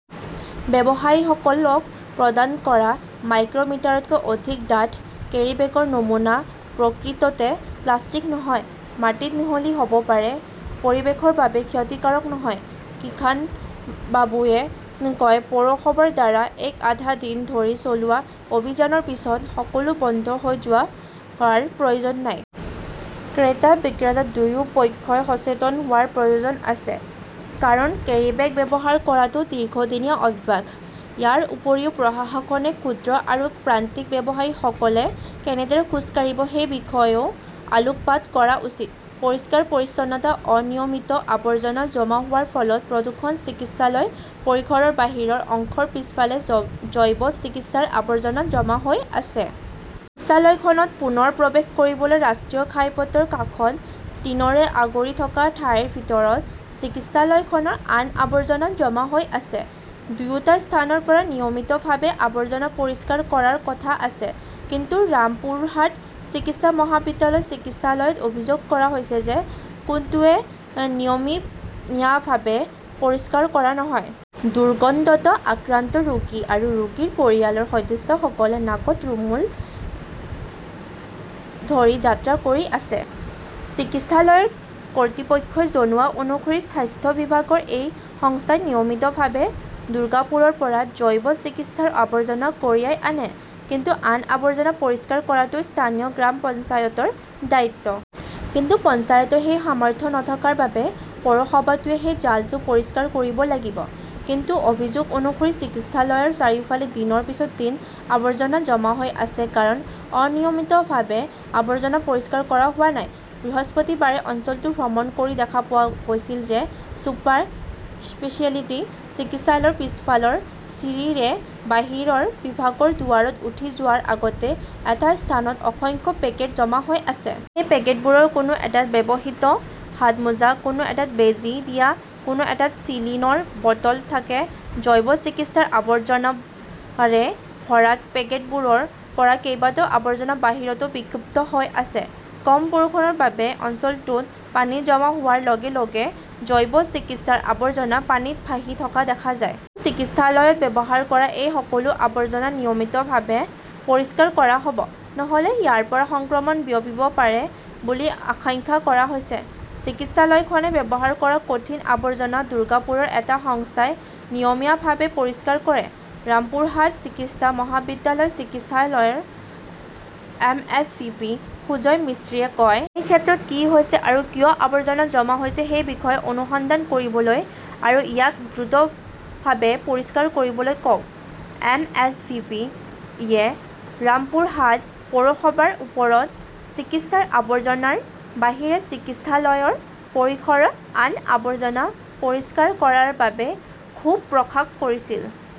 ব্যৱসায়ীসকলক প্ৰদান কৰা মাইক্ৰ মিটাৰতকৈ অধিক ডাঠ কেৰীবেগৰ নমুনা প্ৰকৃততে প্লাষ্টিক নহয়। মাটিত মিহলি হব পাৰে। পৰিৱেশৰ বাবে ক্ষতিকাৰক নহয়। কিষাণবাবুৱে কয়, পৌৰসভাৰ দ্বাৰা এক-আধা দিন ধৰি চলোৱা অভিযানৰ পিছত সকলো বন্ধ হৈ যোৱাৰ প্ৰয়োজন নাই। ক্ৰেতা-বিক্ৰেতা দুয়ো পক্ষই সচেতন হোৱাৰ প্ৰয়োজন আছে। কাৰণ কেৰীবেগ ব্যৱহাৰ কৰাটো দীৰ্ঘদিনীয়া অভ্যাস। ইয়াৰ উপৰিও প্ৰশাসনে ক্ষুদ্ৰ আৰু প্ৰান্তিক ব্যৱসায়ীসকলে কেনেদৰে খোজ কাঢ়িব সেই বিষয়েও আলোকপাত কৰা উচিত। পৰিষ্কাৰ-পৰিচ্ছন্নতা, অনিয়মিত আৱৰ্জনা জমা হোৱাৰ ফলত প্ৰদূষণ চিকিৎসালয় পৰিসৰৰ বাহিৰৰ অংশৰ পিছফালে জৈৱ চিকিৎসাৰ আৱৰ্জনা জমা হৈ আছে। চিকিৎসালয়খনত পুনৰ প্ৰৱেশ কৰিবলৈ ৰাষ্ট্ৰীয় ঘাইপথৰ কাষত টিনৰে আগুৰি থকা ঠাইৰ ভিতৰত চিকিৎসালয়খনৰ আন আৱৰ্জনা জমা হৈ আছে। দুয়োটা স্থানৰ পৰা নিয়মিতভাৱে আৱৰ্জনা পৰিষ্কাৰ কৰাৰ কথা আছে। কিন্তু ৰামপুৰহাট চিকিৎসা মহাবিদ্যালয় চিকিৎসালয়ত অভিযোগ কৰা হৈছে যে কোনোটোৱে নিয়মীত নিয়াভাৱে পৰিষ্কাৰ কৰা নহয়। দুৰ্গন্ধত আক্ৰান্ত ৰোগী আৰু ৰোগীৰ পৰিয়ালৰ সদস্যসকলে নাকত ৰুমুল ধৰি যাত্ৰা কৰি আছে। চিকিৎসালয়ৰ কৰ্তৃপক্ষই জনোৱা অনুসৰি স্বাস্থ্য বিভাগৰ এটা সংস্থাই নিয়মিতভাৱে দুৰ্গাপুৰৰ পৰা জৈৱ চিকিৎসাৰ আৱৰ্জনা কঢ়িয়াই আনে। কিন্তু আন আৱৰ্জনা পৰিষ্কাৰ কৰাটো স্থানীয় গ্ৰাম পঞ্চায়তৰ দায়িত্ব। কিন্তু পঞ্চায়তৰ সেই সামৰ্থ্য নথকাৰ বাবে পৌৰসভাটোৱে সেই জালটো পৰিষ্কাৰ কৰিব লাগিব। কিন্তু অভিযোগ অনুসৰি চিকিৎসালয়ৰ চাৰিওফালে দিনৰ পিছত দিন আৱৰ্জনা জমা হৈ আছে কাৰণ অনিয়মিতভাৱে আৱৰ্জনা পৰিষ্কাৰ কৰা হোৱা নাই। বৃহস্পতিবাৰে অঞ্চলটো ভ্ৰমণ কৰি দেখা পোৱা গৈছিল যে ছুপাৰ স্পেচিয়েলিটি চিকিৎসালয়ৰ পিছফালৰ চিৰিৰে বাহিৰৰ বিভাগৰ দুৱাৰত উঠি যোৱাৰ আগতে এটা স্থানত অসংখ্য পেকেট জমা হৈ আছে। সেই পেকেটবোৰৰ কোনো এটাত ব্যৱহৃত হাতমোজা, কোনো এটাত বেজী দিয়া, কোনো এটাত চিলিনৰ বটল থাকে। জৈৱ চিকিৎসাৰ আৱৰ্জনাৰে ভৰা পেকেটবোৰৰ পৰা কেইবাটাও আৱৰ্জনা বাহিৰতো বিক্ষিপ্ত হৈ আছে। কম বৰষুণৰ বাবে অঞ্চলটোত পানী জমা হোৱাৰ লগে লগে জৈৱ চিকিৎসাৰ আৱৰ্জনা পানীত ভাহি থকা দেখা যায়। কিন্তু চিকিৎসালয়ত ব্যৱহাৰ কৰা এই সকলো আৱৰ্জনা নিয়মিতভাৱে পৰিষ্কাৰ কৰা হব। নহলে ইয়াৰ পৰা সংক্ৰমণ বিয়পিব পাৰে বুলি আশাইক্ষা কৰা হৈছে। চিকিৎসালয়খনে ব্যৱহাৰ কৰা কঠিন আৱৰ্জনা দুৰ্গাপুৰৰ এটা সংস্থাই নিয়মীয়াভাৱে পৰিষ্কাৰ কৰে। ৰামপুৰহাট চিকিৎসা মহাবিদ্যালয় চিকিৎসালয়ৰ এমএছভিপি সুজয় মিস্ত্ৰীয়ে কয়। এই ক্ষেত্ৰত কি হৈছে, আৰু কিয় আৱৰ্জনা জমা হৈছে সেই বিষয়ে অনুসন্ধান কৰিবলৈ আৰু ইয়াক দ্ৰুতভাৱে পৰিষ্কাৰ কৰিবলৈ কওঁক। এম. এছ. ভি. পি. য়ে ৰামপুৰহাট পৌৰসভাৰ ওপৰত চিকিৎসাৰ আৱৰ্জনাৰ বাহিৰে চিকিৎসালয়ৰ পৰিসৰৰ আন আৱৰ্জনা পৰিষ্কাৰ কৰাৰ বাবে ক্ষোভ প্ৰকাশ কৰিছিল।